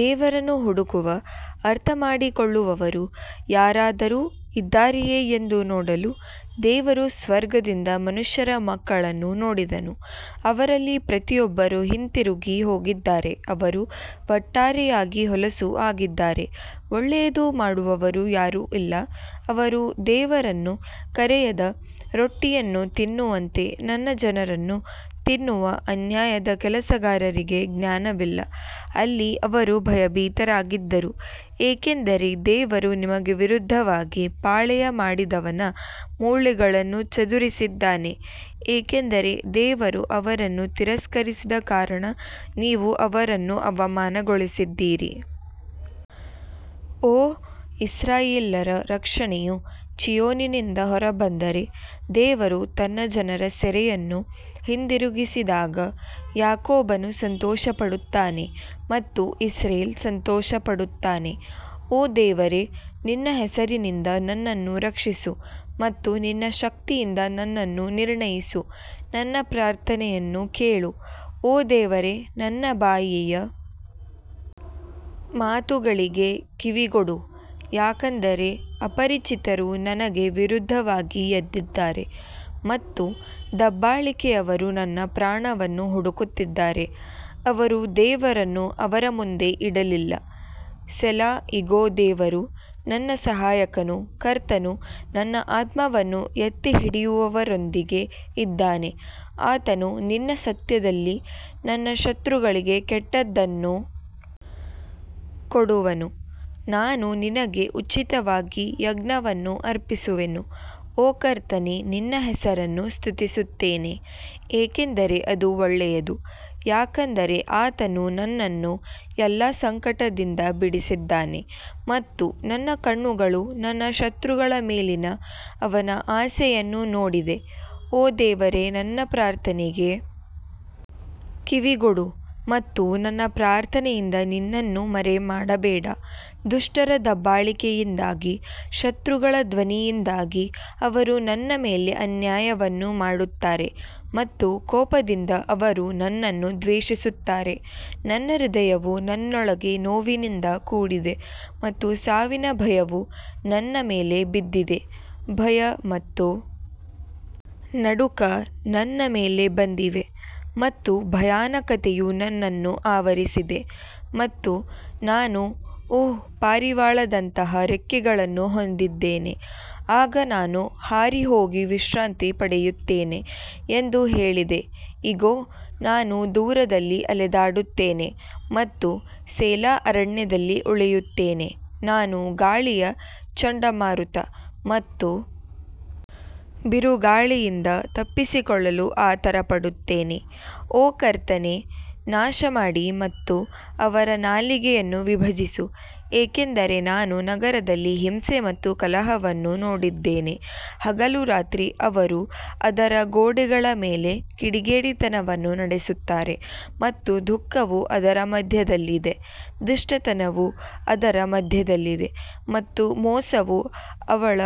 ದೇವರನ್ನು ಹುಡುಕುವ ಅರ್ಥಮಾಡಿಕೊಳ್ಳುವವರು ಯಾರಾದರೂ ಇದ್ದಾರೆಯೇ ಎಂದು ನೋಡಲು ದೇವರು ಸ್ವರ್ಗದಿಂದ ಮನುಷ್ಯರ ಮಕ್ಕಳನ್ನು ನೋಡಿದನು ಅವರಲ್ಲಿ ಪ್ರತಿಯೊಬ್ಬರು ಹಿಂತಿರುಗಿ ಹೋಗಿದ್ದಾರೆ ಅವರು ಒಟ್ಟಾರೆಯಾಗಿ ಹೊಲಸು ಆಗಿದ್ದಾರೆ ಒಳ್ಳೆಯದು ಮಾಡುವವರು ಯಾರೂ ಇಲ್ಲ ಅವರು ದೇವರನ್ನು ಕರೆಯದ ರೊಟ್ಟಿಯನ್ನು ತಿನ್ನುವಂತೆ ನನ್ನ ಜನರನ್ನು ತಿನ್ನುವ ಅನ್ಯಾಯದ ಕೆಲಸಗಾರರಿಗೆ ಜ್ಞಾನವಿಲ್ಲ ಅಲ್ಲಿ ಅವರು ಭಯಭೀತರಾಗಿದ್ದರು, ಏಕೆಂದರೆ ದೇವರು ನಿಮಗೆ ವಿರುದ್ಧವಾಗಿ ಪಾಳೆಯ ಮಾಡಿದವನ ಮೂಳೆಗಳನ್ನು ಚದುರಿಸಿದ್ದಾನೆ, ಏಕೆಂದರೆ ದೇವರು ಅವರನ್ನು ತಿರಸ್ಕರಿಸಿದ ಕಾರಣ ನೀವು ಅವರನ್ನು ಅವಮಾನಗೊಳಿಸಿದ್ದೀರಿ. ಓಹ್, ಇಸ್ರಾಯೇಲ್ಯರ ರಕ್ಷಣೆಯು ಚೀಯೋನಿನಿಂದ ಹೊರಬಂದರೆ, ದೇವರು ತನ್ನ ಜನರ ಸೆರೆಯನ್ನು ಹಿಂದಿರುಗಿಸಿದಾಗ ಯಾಕೋಬನು ಸಂತೋಷಪಡುತ್ತಾನೆ ಮತ್ತು ಇಸ್ರೇಲ್ ಸಂತೋಷಪಡುತ್ತಾನೆ. ಓ ದೇವರೇ ನಿನ್ನ ಹೆಸರಿನಿಂದ ನನ್ನನ್ನು ರಕ್ಷಿಸು ಮತ್ತು ನಿನ್ನ ಶಕ್ತಿಯಿಂದ ನನ್ನನ್ನು ನಿರ್ಣಯಿಸು ನನ್ನ ಪ್ರಾರ್ಥನೆಯನ್ನು ಕೇಳು ಓ ದೇವರೇ ನನ್ನ ಬಾಯಿಯ ಮಾತುಗಳಿಗೆ ಕಿವಿಗೊಡು ಯಾಕಂದರೆ ಅಪರಿಚಿತರು ನನಗೆ ವಿರುದ್ಧವಾಗಿ ಎದ್ದಿದ್ದಾರೆ ಮತ್ತು ದಬ್ಬಾಳಿಕೆಯವರು ನನ್ನ ಪ್ರಾಣವನ್ನು ಹುಡುಕುತ್ತಿದ್ದಾರೆ ಅವರು ದೇವರನ್ನು ಅವರ ಮುಂದೆ ಇಡಲಿಲ್ಲ ಸೆಲಾ ಇಗೋ, ದೇವರು ನನ್ನ ಸಹಾಯಕನು, ಕರ್ತನು ನನ್ನ ಆತ್ಮವನ್ನು ಎತ್ತಿಹಿಡಿಯುವವರೊಂದಿಗೆ ಇದ್ದಾನೆ ಆತನು ನಿನ್ನ ಸತ್ಯದಲ್ಲಿ ನನ್ನ ಶತ್ರುಗಳಿಗೆ ಕೆಟ್ಟದ್ದನ್ನು ಕೊಡುವನು ನಾನು ನಿನಗೆ ಉಚಿತವಾಗಿ ಯಜ್ಞವನ್ನು ಅರ್ಪಿಸುವೆನು, ಓ ಕರ್ತನೇ ನಿನ್ನ ಹೆಸರನ್ನು ಸ್ತುತಿಸುತ್ತೇನೆ ಏಕೆಂದರೆ ಅದು ಒಳ್ಳೆಯದು ಯಾಕಂದರೆ ಆತನು ನನ್ನನ್ನು ಎಲ್ಲಾ ಸಂಕಟದಿಂದ ಬಿಡಿಸಿದ್ದಾನೆ ಮತ್ತು ನನ್ನ ಕಣ್ಣುಗಳು ನನ್ನ ಶತ್ರುಗಳ ಮೇಲಿನ ಅವನ ಆಸೆಯನ್ನು ನೋಡಿದೆ ಓ ದೇವರೇ ನನ್ನ ಪ್ರಾರ್ಥನೆಗೆ ಕಿವಿಗೊಡು ಮತ್ತು ನನ್ನ ಪ್ರಾರ್ಥನೆಯಿಂದ ನಿನ್ನನ್ನು ಮರೆಮಾಡಬೇಡ ದುಷ್ಟರ ದಬ್ಬಾಳಿಕೆಯಿಂದಾಗಿ ಶತ್ರುಗಳ ಧ್ವನಿಯಿಂದಾಗಿ ಅವರು ನನ್ನ ಮೇಲೆ ಅನ್ಯಾಯವನ್ನು ಮಾಡುತ್ತಾರೆ ಮತ್ತು ಕೋಪದಿಂದ ಅವರು ನನ್ನನ್ನು ದ್ವೇಷಿಸುತ್ತಾರೆ ನನ್ನ ಹೃದಯವು ನನ್ನೊಳಗೆ ನೋವಿನಿಂದ ಕೂಡಿದೆ ಮತ್ತು ಸಾವಿನ ಭಯವು ನನ್ನ ಮೇಲೆ ಬಿದ್ದಿದೆ ಭಯ ಮತ್ತು ನಡುಕ ನನ್ನ ಮೇಲೆ ಬಂದಿವೆ ಮತ್ತು ಭಯಾನಕತೆಯು ನನ್ನನ್ನು ಆವರಿಸಿದೆ ಮತ್ತು ನಾನು ಓಹ್, ಪಾರಿವಾಳದಂತಹ ರೆಕ್ಕೆಗಳನ್ನು ಹೊಂದಿದ್ದೇನೆ, ಆಗ ನಾನು ಹಾರಿಹೋಗಿ ವಿಶ್ರಾಂತಿ ಪಡೆಯುತ್ತೇನೆ ಎಂದು ಹೇಳಿದೆ ಇಗೋ, ನಾನು ದೂರದಲ್ಲಿ ಅಲೆದಾಡುತ್ತೇನೆ ಮತ್ತು ಸೇಲಾ ಅರಣ್ಯದಲ್ಲಿ ಉಳಿಯುತ್ತೇನೆ ನಾನು ಗಾಳಿಯ ಚಂಡಮಾರುತ ಮತ್ತು ಬಿರುಗಾಳಿಯಿಂದ ತಪ್ಪಿಸಿಕೊಳ್ಳಲು ಆತುರಪಡುತ್ತೇನೆ ಓ ಕರ್ತನೇ ನಾಶಮಾಡಿ ಮತ್ತು ಅವರ ನಾಲಿಗೆಯನ್ನು ವಿಭಜಿಸು, ಏಕೆಂದರೆ ನಾನು ನಗರದಲ್ಲಿ ಹಿಂಸೆ ಮತ್ತು ಕಲಹವನ್ನು ನೋಡಿದ್ದೇನೆ ಹಗಲು ರಾತ್ರಿ ಅವರು ಅದರ ಗೋಡೆಗಳ ಮೇಲೆ ಕಿಡಿಗೇಡಿತನವನ್ನು ನಡೆಸುತ್ತಾರೆ ಮತ್ತು ದುಃಖವು ಅದರ ಮಧ್ಯದಲ್ಲಿದೆ ದುಷ್ಟತನವು ಅದರ ಮಧ್ಯದಲ್ಲಿದೆ ಮತ್ತು ಮೋಸವು ಅವಳ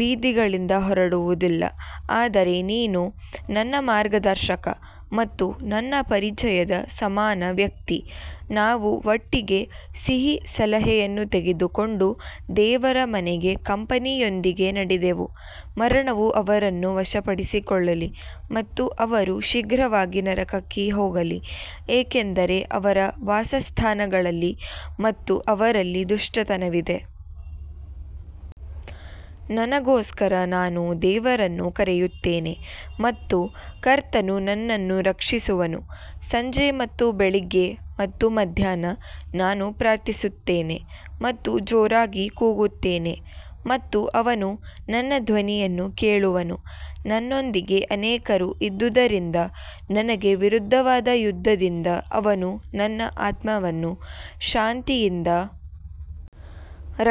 ಬೀದಿಗಳಿಂದ ಹೊರಡುವುದಿಲ್ಲ ಆದರೆ ನೀನು ನನ್ನ ಮಾರ್ಗದರ್ಶಕ ಮತ್ತು ನನ್ನ ಪರಿಚಯದ ಸಮಾನ ವ್ಯಕ್ತಿ ನಾವು ಒಟ್ಟಿಗೆ ಸಿಹಿ ಸಲಹೆಯನ್ನು ತೆಗೆದುಕೊಂಡು ದೇವರ ಮನೆಗೆ ಕಂಪನಿಯೊಂದಿಗೆ ನಡೆದೆವು ಮರಣವು ಅವರನ್ನು ವಶಪಡಿಸಿಕೊಳ್ಳಲಿ ಮತ್ತು ಅವರು ಶೀಘ್ರವಾಗಿ ನರಕಕ್ಕೆ ಹೋಗಲಿ, ಏಕೆಂದರೆ ಅವರ ವಾಸಸ್ಥಾನಗಳಲ್ಲಿ ಮತ್ತು ಅವರಲ್ಲಿ ದುಷ್ಟತನವಿದೆ. ನನಗೋಸ್ಕರ ನಾನು ದೇವರನ್ನು ಕರೆಯುತ್ತೇನೆ ಮತ್ತು ಕರ್ತನು ನನ್ನನ್ನು ರಕ್ಷಿಸುವನು ಸಂಜೆ ಮತ್ತು ಬೆಳಿಗ್ಗೆ ಮತ್ತು ಮಧ್ಯಾಹ್ನ ನಾನು ಪ್ರಾರ್ಥಿಸುತ್ತೇನೆ ಮತ್ತು ಜೋರಾಗಿ ಕೂಗುತ್ತೇನೆ ಮತ್ತು ಅವನು ನನ್ನ ಧ್ವನಿಯನ್ನು ಕೇಳುವನು ನನ್ನೊಂದಿಗೆ ಅನೇಕರು ಇದ್ದುದರಿಂದ ನನಗೆ ವಿರುದ್ಧವಾದ ಯುದ್ಧದಿಂದ ಅವನು ನನ್ನ ಆತ್ಮವನ್ನು ಶಾಂತಿಯಿಂದ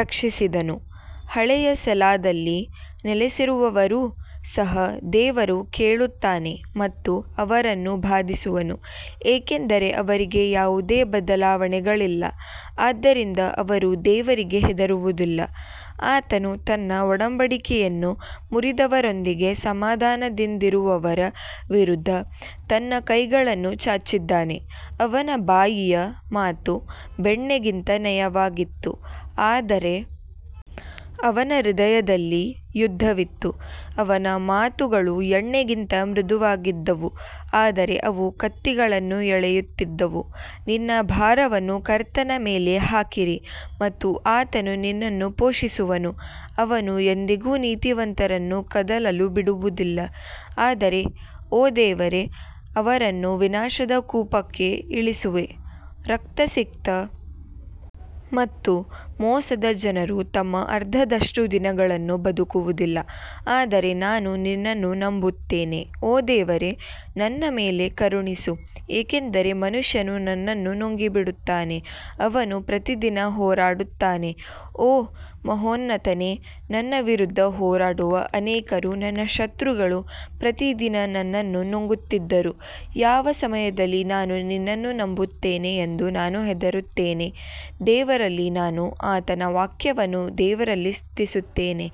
ರಕ್ಷಿಸಿದನು ಹಳೆಯ ಸೆಲಾದಲ್ಲಿ ನೆಲೆಸಿರುವವರೂ ಸಹ ದೇವರು ಕೇಳುತ್ತಾನೆ ಮತ್ತು ಅವರನ್ನು ಬಾಧಿಸುವನು ಏಕೆಂದರೆ ಅವರಿಗೆ ಯಾವುದೇ ಬದಲಾವಣೆಗಳಿಲ್ಲ, ಆದ್ದರಿಂದ ಅವರು ದೇವರಿಗೆ ಹೆದರುವುದಿಲ್ಲ ಆತನು ತನ್ನ ಒಡಂಬಡಿಕೆಯನ್ನು ಮುರಿದವರೊಂದಿಗೆ ಸಮಾಧಾನದಿಂದಿರುವವರ ವಿರುದ್ಧ ತನ್ನ ಕೈಗಳನ್ನು ಚಾಚಿದ್ದಾನೆ ಅವನ ಬಾಯಿಯ ಮಾತು ಬೆಣ್ಣೆಗಿಂತ ನಯವಾಗಿತ್ತು ಆದರೆ ಅವನ ಹೃದಯದಲ್ಲಿ ಯುದ್ಧವಿತ್ತು ಅವನ ಮಾತುಗಳು ಎಣ್ಣೆಗಿಂತ ಮೃದುವಾಗಿದ್ದವು ಆದರೆ ಅವು ಕತ್ತಿಗಳನ್ನು ಎಳೆಯುತ್ತಿದ್ದವು ನಿನ್ನ ಭಾರವನ್ನು ಕರ್ತನ ಮೇಲೆ ಹಾಕಿರಿ ಮತ್ತು ಆತನು ನಿನ್ನನ್ನು ಪೋಷಿಸುವನು ಅವನು ಎಂದಿಗೂ ನೀತಿವಂತರನ್ನು ಕದಲಲು ಬಿಡುವುದಿಲ್ಲ ಆದರೆ ಓ ದೇವರೇ ಅವರನ್ನು ವಿನಾಶದ ಕೂಪಕ್ಕೆ ಇಳಿಸುವೆ, ರಕ್ತಸಿಕ್ತ ಮತ್ತು ಮೋಸದ ಜನರು ತಮ್ಮ ಅರ್ಧದಷ್ಟು ದಿನಗಳನ್ನು ಬದುಕುವುದಿಲ್ಲ ಆದರೆ ನಾನು ನಿನ್ನನ್ನು ನಂಬುತ್ತೇನೆ ಓ ದೇವರೇ ನನ್ನ ಮೇಲೆ ಕರುಣಿಸು, ಏಕೆಂದರೆ ಮನುಷ್ಯನು ನನ್ನನ್ನು ನುಂಗಿಬಿಡುತ್ತಾನೆ, ಅವನು ಪ್ರತಿದಿನ ಹೋರಾಡುತ್ತಾನೆ ಓ ಮಹೋನ್ನತನೇ, ನನ್ನ ವಿರುದ್ಧ ಹೋರಾಡುವ ಅನೇಕರು ನನ್ನ ಶತ್ರುಗಳು ಪ್ರತಿದಿನ ನನ್ನನ್ನು ನುಂಗುತ್ತಿದ್ದರು ಯಾವ ಸಮಯದಲ್ಲಿ ನಾನು ನಿನ್ನನ್ನು ನಂಬುತ್ತೇನೆ ಎಂದು ನಾನು ಹೆದರುತ್ತೇನೆ ದೇವರಲ್ಲಿ ನಾನು ಆತನ ವಾಕ್ಯವನ್ನು ದೇವರಲ್ಲಿ ಸ್ತುತಿಸುತ್ತೇನೆ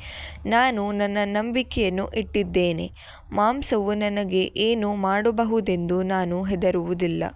ನಾನು ನನ್ನ ನಂಬಿಕೆಯನ್ನು ಇಟ್ಟಿದ್ದೇನೆ ಮಾಂಸವು ನನಗೆ ಏನು ಮಾಡಬಹುದೆಂದು ನಾನು ಹೆದರುವುದಿಲ್ಲ.